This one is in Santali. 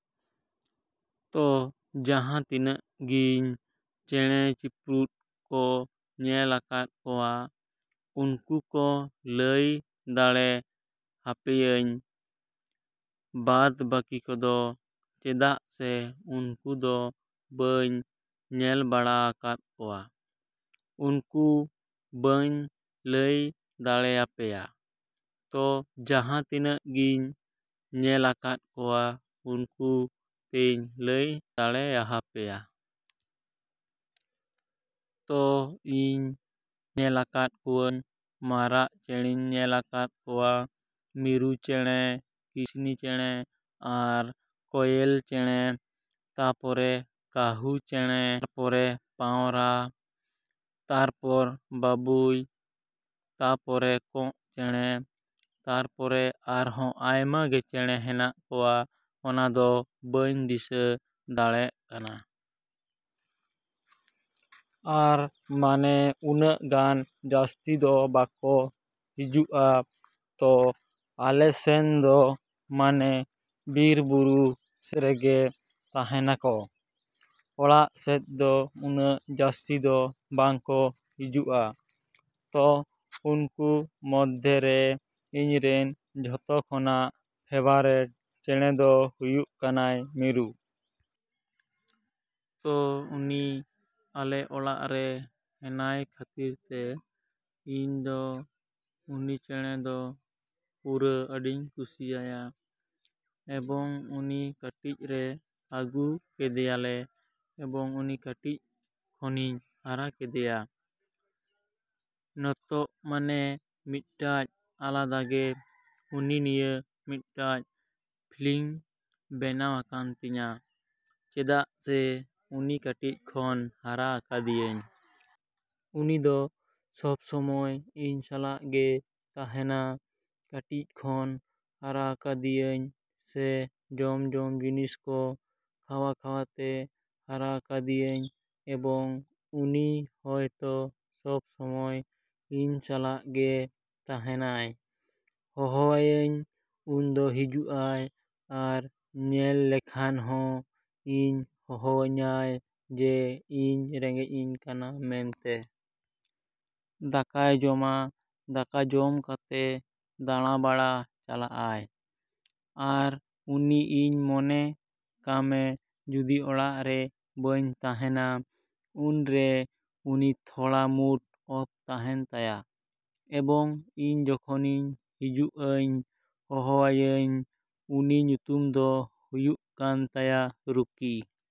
ᱛᱚ ᱡᱟᱦᱟᱸ ᱛᱤᱱᱟᱹᱜ ᱜᱤᱧ ᱪᱮᱸᱬᱮ ᱪᱤᱯᱨᱩᱫ ᱠᱚ ᱧᱮᱞ ᱟᱠᱟᱫ ᱠᱚᱣᱟ ᱩᱱᱠᱩ ᱠᱚ ᱞᱟᱹᱭ ᱫᱟᱲᱮ ᱦᱟᱯᱮᱭᱟᱹᱧ, ᱵᱟᱫ ᱵᱟᱠᱤ ᱠᱚᱫᱚ ᱪᱮᱫᱟᱜ ᱥᱮ ᱩᱱᱠᱩ ᱫᱚ ᱵᱟᱹᱧ ᱧᱮᱞ ᱵᱟᱲᱟ ᱟᱠᱟᱫ ᱠᱚᱣᱟ, ᱩᱱᱠᱩ ᱵᱟᱹᱧ ᱞᱟᱹᱭ ᱫᱟᱲᱮ ᱦᱟᱯᱮᱭᱟ᱾ ᱛᱚ ᱡᱟᱦᱟᱸ ᱛᱤᱱᱟᱹᱜ ᱜᱤᱧ ᱧᱮᱞ ᱟᱠᱟᱫ ᱠᱚᱣᱟ ᱩᱱᱠᱩ ᱛᱮᱧ ᱞᱟᱹᱭ ᱫᱟᱲᱮ ᱦᱟᱯᱮᱭᱟ᱾ ᱛᱚ ᱤᱧ ᱧᱮᱞ ᱟᱠᱟᱫ ᱠᱚᱣᱟᱹᱧ ᱢᱟᱨᱟᱜ ᱪᱮᱸᱬᱮᱧ ᱧᱮᱞ ᱟᱠᱟᱫ ᱠᱚᱣᱟ, ᱢᱤᱨᱩ ᱪᱮᱸᱬᱮ, ᱠᱤᱥᱱᱤ ᱪᱮᱸᱬᱮ ᱟᱨ ᱠᱚᱭᱮᱞ ᱪᱮᱸᱬᱮ, ᱛᱟᱯᱚᱨᱮ ᱠᱟᱹᱦᱩ ᱪᱮᱸᱬᱮ, ᱛᱟᱨᱯᱚᱨᱮ ᱯᱟᱣᱨᱟ, ᱛᱟᱯᱚᱨ ᱵᱟᱹᱵᱩᱭ, ᱛᱟᱯᱚᱨᱮ ᱠᱚᱸᱜ ᱪᱮᱸᱬᱮ, ᱛᱟᱨᱯᱚᱨᱮ ᱟᱨᱦᱚᱸ ᱟᱭᱢᱟ ᱜᱮ ᱪᱮᱸᱬᱮ ᱦᱮᱱᱟᱜ ᱠᱚᱣᱟ ᱚᱱᱟ ᱫᱚ ᱵᱟᱹᱧ ᱫᱤᱥᱟᱹ ᱫᱟᱲᱮᱜ ᱠᱟᱱᱟ᱾ ᱟᱨ ᱢᱟᱱᱮ ᱩᱱᱟᱹᱜ ᱜᱟᱱ ᱡᱟᱹᱥᱛᱤ ᱫᱚ ᱵᱟᱠᱚ ᱦᱤᱡᱩᱜᱼᱟ ᱛᱚ ᱟᱞᱮ ᱥᱮᱱ ᱫᱚ ᱢᱟᱱᱮ ᱵᱤᱨ ᱵᱩᱨᱩ ᱥᱮᱫ ᱨᱮᱜᱮ ᱛᱟᱦᱮᱱᱟ ᱠᱚ, ᱚᱲᱟᱜ ᱥᱮᱫ ᱫᱚ ᱩᱱᱟᱹᱜ ᱡᱟᱹᱥᱛᱤ ᱫᱚ ᱵᱟᱝ ᱠᱚ ᱦᱤᱡᱩᱜᱼᱟ᱾ ᱛᱚ ᱩᱱᱠᱩ ᱢᱚᱫᱷᱮ ᱨᱮ ᱤᱧ ᱨᱮᱱ ᱡᱚᱛᱚ ᱠᱷᱚᱱᱟᱜ ᱯᱷᱮᱵᱟᱨᱮᱴ ᱪᱮᱬᱮ ᱫᱚ ᱦᱩᱭᱩᱜ ᱠᱟᱱᱟᱭ ᱢᱤᱨᱩ᱾ ᱛᱚ ᱩᱱᱤ ᱟᱞᱮ ᱚᱲᱟᱜ ᱨᱮ ᱦᱮᱱᱟᱭ ᱠᱷᱟᱹᱛᱤᱨ ᱛᱮ ᱤᱧ ᱫᱚ ᱩᱱᱤ ᱪᱮᱸᱬᱮ ᱫᱚ ᱯᱩᱨᱟᱹ ᱟᱹᱰᱤᱧ ᱠᱩᱥᱤᱭᱟᱭᱟ᱾ ᱮᱵᱚᱝ ᱩᱱᱤ ᱠᱟᱹᱴᱤᱡ ᱨᱮ ᱟᱹᱜᱩ ᱠᱮᱫᱮᱭᱟ ᱞᱮ ᱮᱵᱚᱝ ᱩᱱᱤ ᱠᱟᱹᱴᱤᱡ ᱠᱷᱚᱱᱤᱧ ᱦᱟᱨᱟ ᱠᱮᱫᱮᱭᱟ᱾ ᱱᱚᱛᱚᱜ ᱢᱟᱱᱮ ᱢᱤᱫᱴᱟᱹᱡ ᱟᱞᱟᱫᱟ ᱜᱮ ᱩᱱᱤ ᱱᱤᱭᱟᱹ ᱢᱤᱫᱴᱟᱹᱡ ᱯᱷᱤᱞᱤᱝ ᱵᱮᱱᱟᱣ ᱟᱠᱟᱱ ᱛᱤᱧᱟ ᱪᱮᱫᱟᱜ ᱥᱮ ᱩᱱᱤ ᱠᱟᱹᱴᱤᱡ ᱠᱷᱚᱱ ᱦᱟᱨᱟ ᱟᱠᱟᱫᱮᱭᱟᱹᱧ᱾ ᱩᱱᱤ ᱫᱚ ᱥᱚᱵ ᱥᱚᱢᱚᱭ ᱤᱧ ᱥᱟᱞᱟᱜ ᱜᱮᱭ ᱛᱟᱦᱮᱱᱟ᱾ ᱠᱟᱹᱴᱤᱡ ᱠᱷᱚᱱ ᱦᱟᱨᱟ ᱟᱠᱟᱫᱮᱭᱟᱹᱧ ᱥᱮ ᱡᱚᱢ ᱡᱚᱢ ᱡᱤᱱᱤᱥ ᱠᱚ ᱠᱷᱟᱣᱟ ᱠᱷᱟᱣᱟ ᱛᱮ ᱦᱟᱨᱟ ᱟᱠᱟᱫᱮᱭᱟᱹᱧ ᱮᱵᱚᱝ ᱩᱱᱤ ᱦᱚᱭᱛᱚ ᱥᱚᱵ ᱥᱚᱢᱚᱭ ᱤᱧ ᱥᱟᱞᱟᱜ ᱜᱮ ᱛᱟᱦᱮᱱᱟᱭ᱾ ᱦᱚᱦᱚᱣᱟᱣᱟᱹᱧ ᱩᱱ ᱫᱚ ᱦᱤᱡᱩᱜᱼᱟᱭ ᱟᱨ ᱧᱮᱞ ᱞᱮᱠᱷᱟᱱ ᱦᱚᱸ ᱤᱧ ᱦᱚᱦᱚᱣᱟᱹᱧᱟᱭ ᱡᱮ ᱤᱧ ᱨᱮᱸᱜᱮᱡᱽᱤᱧ ᱠᱟᱱᱟ ᱢᱮᱱᱛᱮ᱾ ᱫᱟᱠᱟᱭ ᱡᱚᱢᱟ, ᱫᱟᱠᱟ ᱡᱚᱢ ᱠᱟᱛᱮ ᱫᱟᱬᱟ ᱵᱟᱲᱟ ᱪᱟᱞᱟᱜᱼᱟᱭ᱾ ᱟᱨ ᱩᱱᱤ ᱤᱧ ᱢᱚᱱᱮ ᱠᱟᱢᱮ ᱡᱩᱫᱤ ᱚᱲᱟᱜ ᱨᱮ ᱵᱟᱹᱧ ᱛᱟᱦᱮᱱᱟ ᱩᱱ ᱨᱮ ᱩᱱᱤ ᱛᱷᱚᱲᱟ ᱢᱩᱰ ᱚᱯᱷ ᱛᱟᱦᱮᱱ ᱛᱟᱭᱟ ᱮᱵᱚᱝ ᱤᱧ ᱡᱚᱠᱷᱚᱱᱤᱧ ᱦᱤᱡᱩᱜᱼᱟᱹᱧ ᱦᱚᱦᱚᱣᱟᱭᱟᱹᱧ᱾ ᱩᱱᱤ ᱧᱩᱛᱩᱢ ᱫᱚ ᱦᱩᱭᱩᱜ ᱠᱟᱱ ᱛᱟᱭᱟ ᱨᱩᱠᱤ᱾